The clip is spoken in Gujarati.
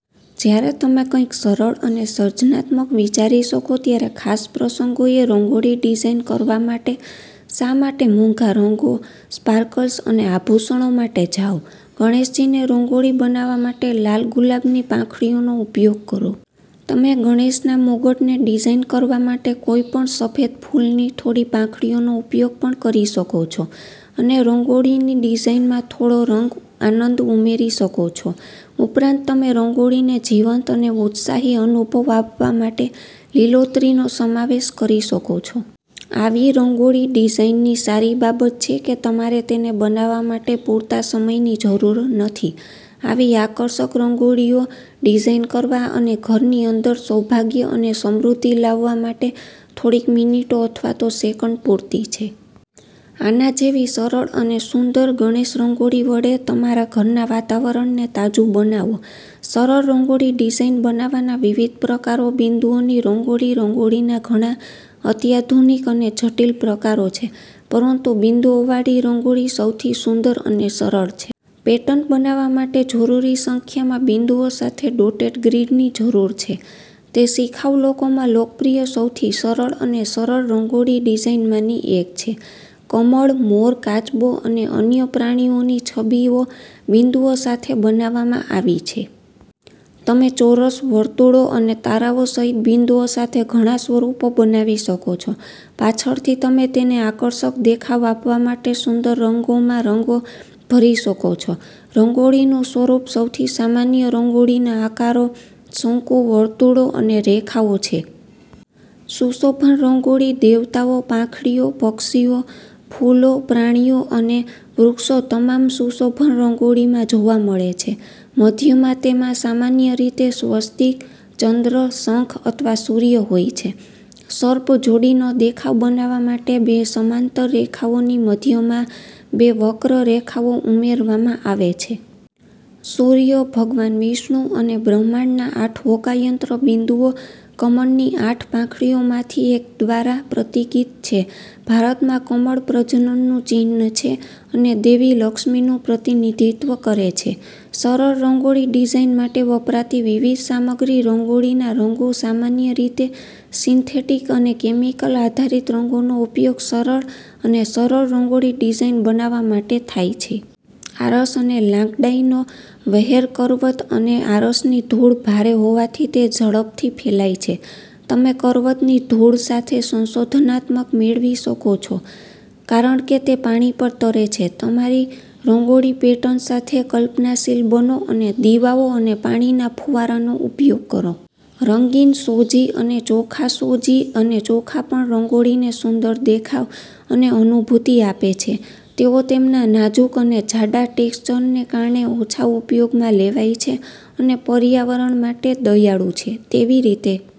જ્યારે તમે કંઈક સરળ અને સર્જનાત્મક વિચારી શકો ત્યારે ખાસ પ્રસંગોએ રંગોળી ડિઝાઇન કરવા માટે શા માટે મોંઘા રંગો, સ્પાર્કલ્સ અને આભૂષણો માટે જાવ? ગણેશજીને રંગોળી બનાવવા માટે લાલ ગુલાબની પાંખડીઓનો ઉપયોગ કરો. તમે ગણેશના મુગટને ડિઝાઇન કરવા માટે કોઈપણ સફેદ ફૂલની થોડી પાંખડીઓનો ઉપયોગ પણ કરી શકો છો અને રંગોળીની ડિઝાઇનમાં થોડો રંગ આનંદ ઉમેરી શકો છો. ઉપરાંત, તમેરંગોળીને જીવંત અને ઉત્સાહી અનુભવ આપવા માટે લીલોતરીનો સમાવેશ કરી શકો છો. આવી રંગોળી ડિઝાઇનની સારી બાબતછે કે તમારે તેને બનાવવા માટે પૂરતા સમયની જરૂર નથી. આવી આકર્ષક રંગોળીઓ ડિઝાઇન કરવા અને ઘરની અંદર સૌભાગ્ય અને સમૃદ્ધિ લાવવા માટે થોડીક મિનિટો અથવા તો સેકન્ડ પૂરતી છે. આના જેવી સરળ અને સુંદર ગણેશ રંગોળી વડે તમારા ઘરના વાતાવરણને તાજું બનાવો સરળ રંગોળી ડિઝાઇન બનાવવાના વિવિધ પ્રકારો બિંદુઓની રંગોળીરંગોળીના ઘણા અત્યાધુનિક અને જટિલ પ્રકારો છે, પરંતુ બિંદુઓવાળી રંગોળી સૌથી સુંદર અને સરળ છે. પેટર્ન બનાવવા માટે જરૂરી સંખ્યામાં બિંદુઓ સાથે ડોટેડ ગ્રીડની જરૂર છે. તે શિખાઉ લોકોમાં લોકપ્રિય સૌથી સરળ અને સરળ રંગોળી ડિઝાઇનમાંની એક છે. કમળ, મોર, કાચબો અને અન્ય પ્રાણીઓની છબીઓ બિંદુઓ સાથે બનાવવામાં આવી છે. તમે ચોરસ, વર્તુળો અને તારાઓ સહિત બિંદુઓ સાથે ઘણા સ્વરૂપો બનાવી શકો છો. પાછળથી, તમે તેને આકર્ષક દેખાવ આપવા માટે સુંદર રંગોમાં રંગો ભરી શકો છો. રંગોળીનું સ્વરૂપસૌથી સામાન્ય રંગોળીના આકારો શંકુ, વર્તુળો અને રેખાઓ છે. સુશોભન રંગોળીદેવતાઓ, પાંખડીઓ, પક્ષીઓ, ફૂલો, પ્રાણીઓ અને વૃક્ષો તમામ સુશોભન રંગોળીમાં જોવા મળે છે. મધ્યમાં, તેમાં સામાન્ય રીતે સ્વસ્તિક, ચંદ્ર, શંખ અથવા સૂર્ય હોય છે. સર્પ જોડીનો દેખાવ બનાવવા માટે બે સમાંતર રેખાઓની મધ્યમાં બે વક્ર રેખાઓ ઉમેરવામાં આવે છે. સૂર્ય, ભગવાન વિષ્ણુ અને બ્રહ્માંડના આઠ હોકાયંત્ર બિંદુઓ કમળની આઠ પાંખડીઓમાંથી એક દ્વારા પ્રતીકિત છે. ભારતમાં, કમળ પ્રજનનનું ચિહ્ન છે અને દેવી લક્ષ્મીનું પ્રતિનિધિત્વ કરે છે. સરળ રંગોળી ડિઝાઇન માટે વપરાતી વિવિધ સામગ્રી રંગોળીના રંગોસામાન્ય રીતે સિન્થેટીક અને કેમિકલ આધારિત રંગોનો ઉપયોગ સરળ અને સરળ રંગોળી ડિઝાઇન બનાવવા માટે થાય છે. આરસ અને લાકડાંઈ નો વહેરકરવત અને આરસની ધૂળ ભારે હોવાથી તે ઝડપથી ફેલાય છે. તમે કરવતની ધૂળ સાથે સંશોધનાત્મક મેળવી શકો છો કારણ કે તે પાણી પર તરે છે. તમારી રંગોળી પેટર્ન સાથે કલ્પનાશીલ બનો અને દીવાઓ અને પાણીના ફુવારાનો ઉપયોગ કરો. રંગીન સોજી અને ચોખાસોજી અને ચોખા પણ રંગોળીને સુંદર દેખાવ અને અનુભૂતિ આપે છે. તેઓ તેમના નાજુક અને જાડા ટેક્સચરને કારણે ઓછા ઉપયોગમાં લેવાય છે અને પર્યાવરણ માટે દયાળુ છે. તેવીરીતે,